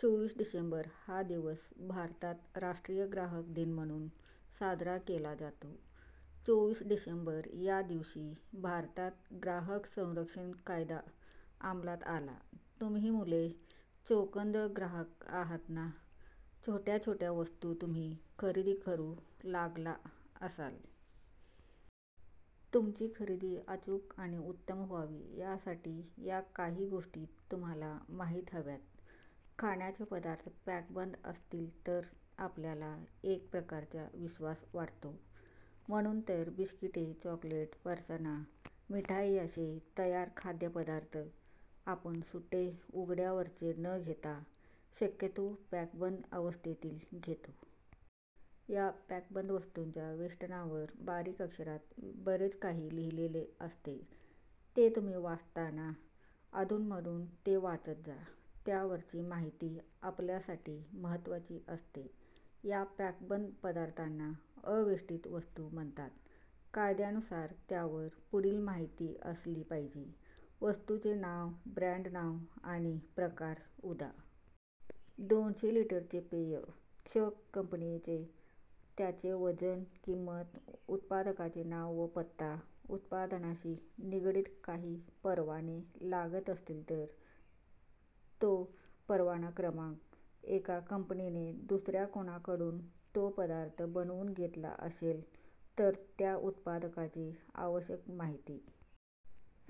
चोवीस डिसेंबर हा दिवस भारतात 'राष्ट्रीय ग्राहक दिन' म्हणून साजरा केला जातो. चोवीस डिसेंबर या दिवशी, भारतात 'ग्राहक संरक्षण कायदा' अमलात आला. तुम्ही मुले चोखंदळ ग्राहक आहात ना? छोट्या छोट्या वस्तू तुम्ही खरेदी करू लागला असाल. तुमची खरेदी अचूक आणि उत्तम व्हावी, यासाठी या काही गोष्टी तुम्हांला माहीत हव्यात. खाण्याचे पदार्थ पॅकबंद असतील तर आपल्याला एक प्रकारचा विश्वास वाटतो. म्हणून तर बिस्किटे, चॉकलेट, फरसाण, मिठाई असे तयार खाद्यपदार्थ आपण सुटे, उघड्यावरचे न घेता, शक्यतो पॅकबंद अवस्थेतील घेतो. या पॅकबंद वस्तूंच्या वेष्टनावर बारीक अक्षरांत बरेच काही लिहिलेले असते. ते तुम्ही वाचता ना? अधूनमधून ते वाचत जा. त्यावरची माहिती आपल्यासाठी महत्त्वाची असते. या पॅकबंद पदार्थांना आवेष्टित वस्तू म्हणतात. कायद्यानुसार त्यावर पुढील माहिती असली पाहिजे: वस्तूचे नाव ब्रँड नाव आणि प्रकार- उदा. दोनशे लिटरचे पेय, 'क्ष' कंपनीचे त्याचे वजन- किंमत- उत्पादकाचे नाव व पत्ता. उत्पादनाशी निगडित काही परवाने लागत असतील तर तो परवाना क्रमांक. एका कंपनीने दुसऱ्या कोणाकडून तो पदार्थ बनवून घेतला असेल, तर त्या उत्पादकाची आवश्यक माहिती.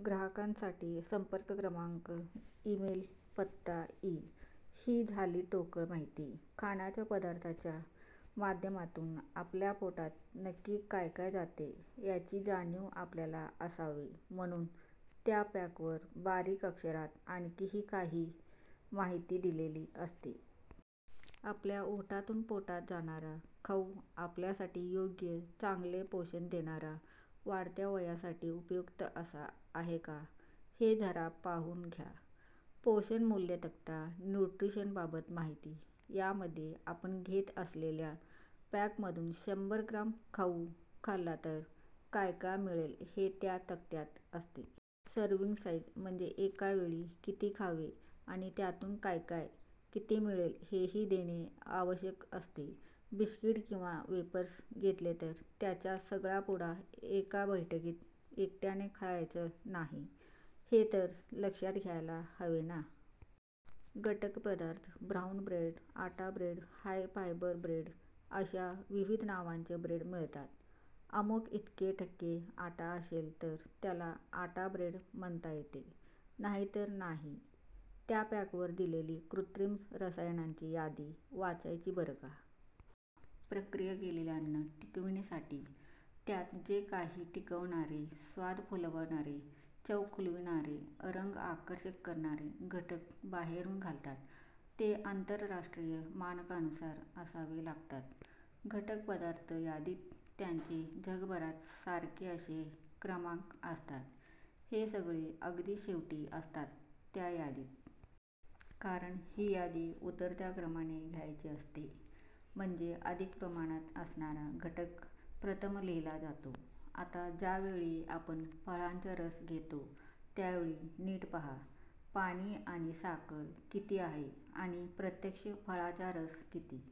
ग्राहकांसाठी संपर्क क्रमांक, ई-मेल, पत्ता, इ. ही झाली ठोकळ माहिती. खाण्याच्या पदार्थांच्या माध्यमातून आपल्या पोटात नक्की काय काय जाते, याची जाणीव आपल्याला असावी म्हणून त्या पॅकवर बारीक अक्षरांत आणखीही काही माहिती दिलेली असते. आपल्या ओठांतून पोटात जाणारा खाऊ आपल्यासाठी योग्य, चांगले पोषण देणारा, वाढत्या वयासाठी उपयुक्त असा आहे का, हे जरा पाहून घ्या. पोषण मूल्य तक्ता- न्यूट्रिशनबाबत माहिती: यामध्ये आपण घेत असलेल्या पॅकमधून शंभर ग्रॅम खाऊ खाल्ला तर काय काय मिळेल हे त्या तक्त्यात असते. सर्व्हिंग साइझ - म्हणजे एका वेळी किती खावे आणि त्यातून काय काय, किती मिळेल, हेही देणे आवश्यक असते. बिस्कीट किंवा वेफर्स घेतले तर त्याचा सगळा पुडा एका बैठकीत एकट्याने खायचा नाही, हे तर लक्षात घ्यायला हवे ना! घटक पदार्थ- ब्राऊन ब्रेड, आटा ब्रेड, हाय फायबर ब्रेड अशा विविध नावांचे ब्रेड मिळतात. अमुक इतके टक्के आटा असेल तर त्याला आटा ब्रेड म्हणता येते, नाहीतर नाही. त्या पॅकवर दिलेली कृत्रिम रसायनांची यादी वाचायची बरं का! प्रक्रिया केलेले अन्न टिकविण्यासाठी त्यात जे काही टिकवणारे, स्वाद फुलवणारे, चव खुलविणारे, रंग आकर्षक करणारे घटक बाहेरून घालतात, ते आंतरराष्ट्रीय मानकांनुसार असावे लागतात. घटक पदार्थ यादीत त्यांचे जगभरात सारखे असे क्रमांक असतात. हे सगळे अगदी शेवटी असतात त्या यादीत. कारण ही यादी उतरत्या क्रमाने द्यायची असते. म्हणजे अधिक प्रमाणात असणारा घटक प्रथम लिहिला जातो. आता ज्यावेळी आपण फळांचा रस घेतो, त्यावेळी नीट पाहा. पाणी आणि साखर किती आहे आणि प्रत्यक्ष फळाचा रस किती